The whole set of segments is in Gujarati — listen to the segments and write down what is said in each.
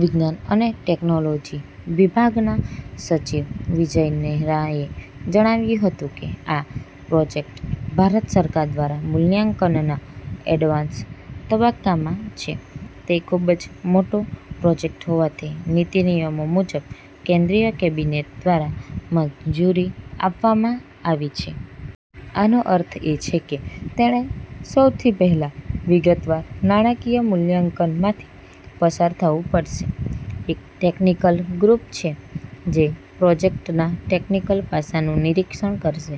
વિજ્ઞાન અને ટેકનોલોજી વિભાગના સચિવ વિજય નેહરાએ જણાવ્યું હતું કે, "આ પ્રોજેક્ટ ભારત સરકાર દ્વારા મૂલ્યાંકનના એડવાન્સ તબક્કામાં છે. તે ખૂબ જ મોટો પ્રોજેક્ટ હોવાથી નીતિ-નિયમો મુજબ, કેન્દ્રીય કેબિનેટ દ્વારા મંજૂરી આપવામાં આવી છે. આનો અર્થ એ છે કે તેણે સૌથી પહેલા વિગતવાર નાણાકીય મૂલ્યાંકનમાંથી પસાર થવું પડશે. એક ટેકનિકલ ગ્રૂપ છે જે પ્રોજેક્ટના ટેકનિકલ પાસાનું નિરિક્ષણ કરશે.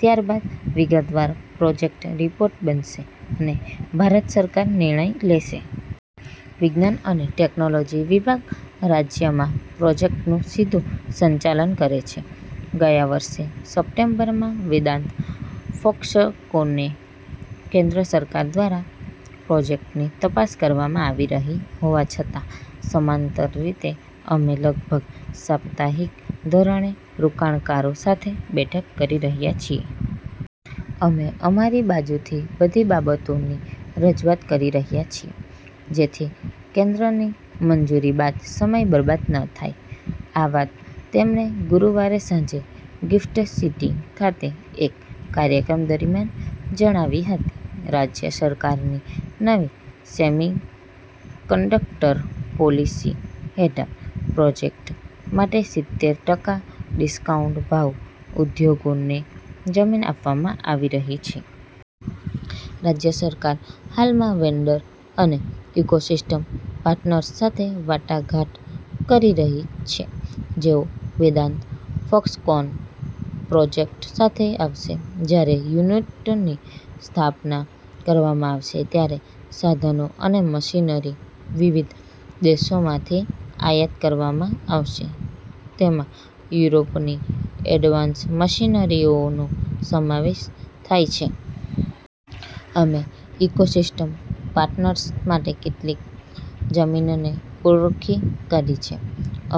ત્યારબાદ વિગતવાર પ્રોજેક્ટ રિપોર્ટ બનશે અને ભારત સરકાર નિર્ણય લેશે." વિજ્ઞાન અને ટેકનોલોજી વિભાગ રાજ્યમાં પ્રોજેક્ટનું સીધું સંચાલન કરે છે. ગયા વર્ષે સપ્ટેમ્બરમાં વેદાંત- ફોક્સકોને કેન્દ્ર સરકાર દ્વારા પ્રોજેક્ટની તપાસ કરવામાં આવી રહી હોવા છતાં, સમાંતર રીતે, અમે લગભગ સાપ્તાહિક ધોરણે રોકાણકારો સાથે બેઠક કરી રહ્યા છીએ. અમે અમારી બાજુથી બધી બાબતોની રજૂઆત કરી રહ્યા છીએ, જેથી કેન્દ્રની મંજૂરી બાદ સમય બરબાદ ન થાય. આ વાત તેમણે ગુરુવારે સાંજે ગિફ્ટ સિટી ખાતે એક કાર્યક્રમ દરમિયાન જણાવી હતી. રાજ્ય સરકારની નવી 'સેમિકન્ડક્ટર પોલીસી' હેઠળ પ્રોજેક્ટ માટે સિત્તેર ટકા ડિસ્કાઉન્ટ ભાવ ઉદ્યોગોને જમીન આપવામાં આવી રહી છે. રાજ્ય સરકાર હાલમાં વેન્ડર અને ઇકોસિસ્ટમ પાર્ટનર્સ સાથે વાટાઘાટ કરી રહી છે જેઓ વેદાંત-ફોક્સકોન પ્રોજેક્ટ સાથે આવશે. "જ્યારે યુનિટની સ્થાપના કરવામાં આવશે, ત્યારે સાધનો અને મશીનરી વિવિધ દેશોમાંથી આયાત કરવામાં આવશે. તેમાં યુરોપની એડવાન્સ મશીનરીઓનો સમાવેશ થાય છે. અમે ઇકોસિસ્ટમ પાર્ટનર્સ માટે કેટલીક જમીનને ઓળખી કાઢી છે.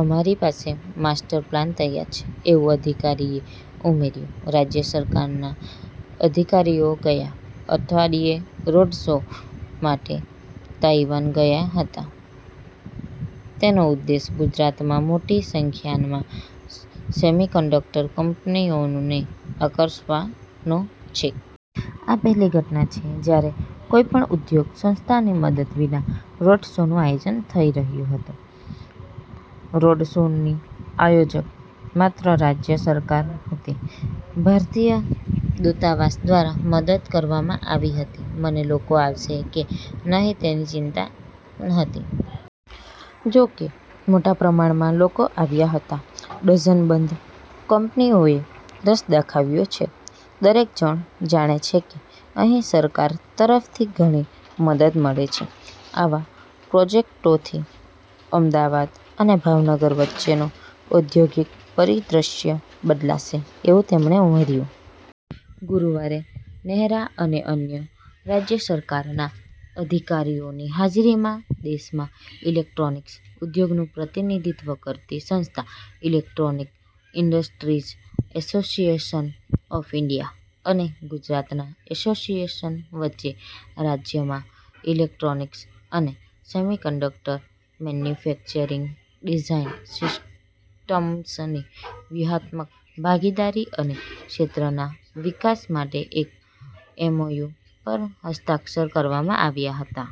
અમારી પાસે માસ્ટર પ્લાન તૈયાર છે" એવું અધિકારીએ ઉમેર્યું. રાજ્ય સરકારના અધિકારીઓ ગયા અઠવાડિયે "રોડ શો" માટે તાઇવાન ગયા હતા. તેનો ઉદ્દેશ્ય ગુજરાતમાં મોટી સંખ્યામાં સેમિકન્ડક્ટર કંપનીઓને આકર્ષવાનો છે. "આ પહેલી ઘટના છે જ્યારે કોઈપણ ઉદ્યોગ સંસ્થાની મદદ વિના રોડ શોનું આયોજન થઇ રહ્યુ હતુ. રોડશોની આયોજક માત્ર રાજ્ય સરકાર હતી, ભારતીય દૂતાવાસ દ્વારા મદદ કરવામાં આવી હતી. મને લોકો આવશે કે નહીં તેની ચિંતા હતી. જોકે મોટા પ્રમાણમાં લોકો આવ્યા હતા. ડઝનબંધ કંપનીઓએ રસ દાખવ્યો છે. દરેક જણ જાણે છે કે અહીં સરકાર તરફથી ઘણી મદદ મળે છે. આવા પ્રોજેક્ટોથી અમદાવાદ અને ભાવનગર વચ્ચેનો ઔદ્યોગિક પરિદ્રશ્ય બદલાશે. " એવું તેમણે ઉમેર્યું. ગુરુવારે નેહરા અને અન્ય રાજ્ય સરકારના અધિકારીઓની હાજરીમાં દેશમાં ઇલેક્ટ્રોનિક્સ ઉદ્યોગનું પ્રતિનિધિત્વ કરતી સંસ્થા – electronic industries association of India – અને ગુજરાતના એસોસિએશન વચ્ચે રાજ્યમાં ઇલેક્ટ્રોનિક્સ અને સેમિકન્ડક્ટર મેન્યુફેક્ચરિંગ ડિઝાઇન સિસ્ટમ્સની વ્યૂહાત્મક ભાગીદારી અને ક્ષેત્રના વિકાસ માટે એક એમઓયુ પર હસ્તાક્ષર કરવામાં આવ્યા હતા.